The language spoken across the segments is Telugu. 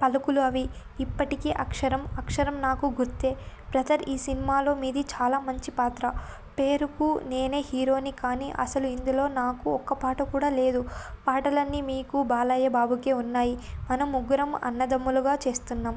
పలుకులు అవి. ఇప్పటికీ అక్షరం, అక్షరం నాకు గుర్తే. 'బ్రదర్ ఈ సినిమాలో మీది చాలా మంచి పాత్ర. పేరుకు నేను హీరోనే కానీ, అసలు ఇందులో నాకు ఒక్కపాట కూడా లేదు. పాటలన్నీ మీకూ, బాలయ్య బాబుకే ఉన్నాయి. మనం ముగ్గురం అన్నదమ్ములుగా చేస్తున్నాం.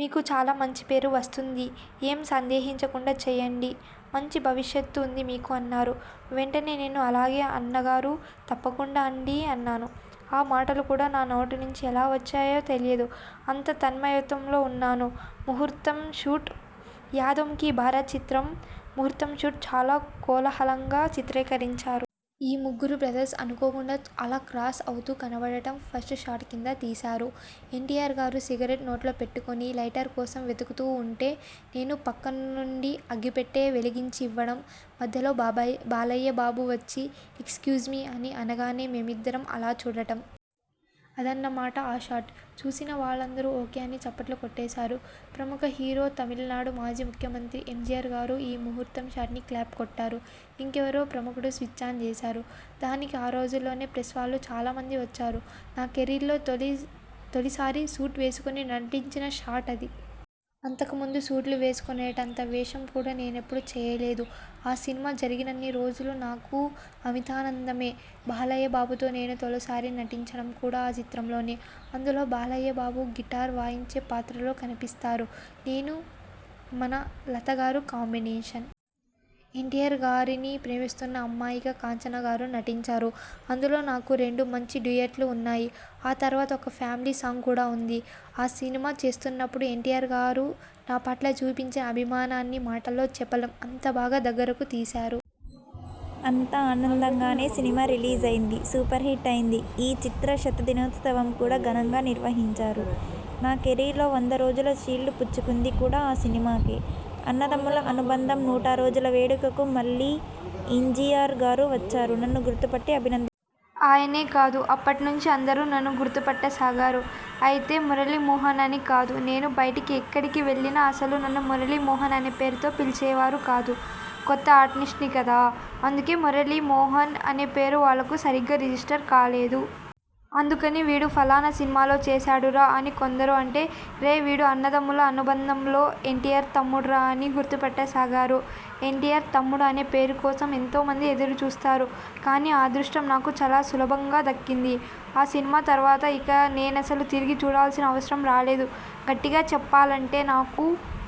మీకు చాలా మంచిపేరు వస్తుంది. ఏం సందేహించకుండా చేయండి. మంచి భవిష్యత్తు ఉంది మీకు' అన్నారు. వెంటనే నేను ''అలాగే అన్నగారూ.. తప్పకుండా అండీ'' అన్నాను. ఆ మాటలు కూడా నా నోటినుంచి ఎలా వచ్చాయో తెలియదు. అంత తన్మయత్వంలో ఉన్నాను. ముహూర్తం షాట్. యాదోం కి బారాత్ చిత్రం 'ముహూర్తం షాట్' చాలా కోలాహలంగా చిత్రీకరించారు. ఈ ముగ్గురు బ్రదర్స్ అనుకోకుండా అలా క్రాస్ అవుతూ కనపడటం ఫస్ట్ షాట్ కింద తీశారు. ఎన్టీఆర్ గారు సిగరెట్ నోట్లో పెట్టుకుని లైటర్ కోసం వెతుకుతూ ఉంటే, నేను పక్కనుండి అగ్గిపెట్టె వెలిగించి ఇవ్వడం, మధ్యలో బాలయ్య బాబు వచ్చి 'ఎక్స్ క్యూజ్మీ' అని అనగానే మేమిద్దరం అలా చూడటం.. అదన్నమాట ఆ షాట్. చూసిన వాళ్లందరూ ఓకే అని చప్పట్లు కొట్టేశారు. ప్రముఖ హీరో, తమిళనాడు మాజీ ముఖ్యమంత్రి ఎంజీఆర్ గారు ఈ ముహూర్తం షాట్కి క్లాప్ కొట్టారు. ఇంకెవరో ప్రముఖుడు స్విచ్ఛాన్ చేశారు. దానికి ఆ రోజుల్లోనే ప్రెస్వాళ్లు చాలా మంది వచ్చారు. నా కెరీర్లో తొలి సారి సూట్ వేసుకుని నటించిన షాట్ అదే. అంతకు ముందు సూట్లు వేసుకునేటంత వేషం కూడా నేనెప్పుడూ చేయలేదు. ఆ సినిమా జరిగినన్ని రోజులూ నాకు అమితానందమే. బాలయ్య బాబుతో నేను తొలిసారి నటించడం కూడా ఆ చిత్రంలోనే. అందులో బాలయ్య బాబు గిటార్ వాయించే పాత్రలో కనిపిస్తారు. నేనూ మన లతగారూ కాంబినేషన్. ఎన్టీఆర్ గారిని ప్రేమిస్తున్న అమ్మాయిగా కాంచన గారు నటించారు. అందులో నాకు రెండు మంచి డ్యూయట్లు ఉన్నాయి. ఆ తర్వాత ఒక ఫ్యామిలీ సాంగ్ కూడా ఉంది. ఆ సినిమా చేస్తున్నప్పుడు ఎన్టీఆర్ గారు నాపట్ల చూపించిన అభిమానాన్ని మాటల్లో చెప్పలేం. అంత బాగా దగ్గరకు తీశారు. అంత ఆనందంగానే సినిమా రిలీజైంది. సూపర్ హిట్ అయింది. ఈ చిత్ర శతదినోత్సవం కూడా ఘనంగా నిర్వహించారు. నా కెరీర్లో వంద రోజుల షీల్డ్ పుచ్చుకుంది కూడా ఆ సినిమాకే. 'అన్నదమ్ముల అనుబంధం' నూట రోజుల వేడుకకు మళ్లీ ఎంజీఆర్ గారు వచ్చారు నన్ను గుర్తుపట్టి అభినందించారు. ఆయనే కాదు, అప్పటినుంచి అందరూ నన్ను గుర్తుపట్ట సాగారు. అయితే మురళీమోహన్ అని కాదు. నేను బయటికి ఎక్కడికి వెళ్లినా అసలు నన్ను మురళీమోహన్ అనే పేరుతో పిలిచేవారు కాదు. కొత్త ఆర్టిస్ట్ని కదా. అందుకే మురళీమోహన్ అనే పేరు వాళ్లకు సరిగా రిజిస్టర్ కాలేదు. అందుకని 'వీడు ఫలానా సినిమాలో చేశాడురా' అని కొందరు అంటే, 'రేయ్.. వీడు అన్నదమ్ముల అనుబంధంలో, ఎన్టీఆర్ తమ్ముడురా' అని గుర్తుపట్ట సాగారు. ఎన్టీఆర్ తమ్ముడు అనే పేరుకోసం ఎంతోమంది ఎదురు చూస్తారు. కానీ ఆ అదృష్టం నాకు చాలా సులభంగా దక్కింది. ఆ సినిమా తర్వాత ఇక నేనసలు తిరిగి చూడాల్సిన అవసరం రాలేదు. గట్టిగా చెప్పాలంటే నాకు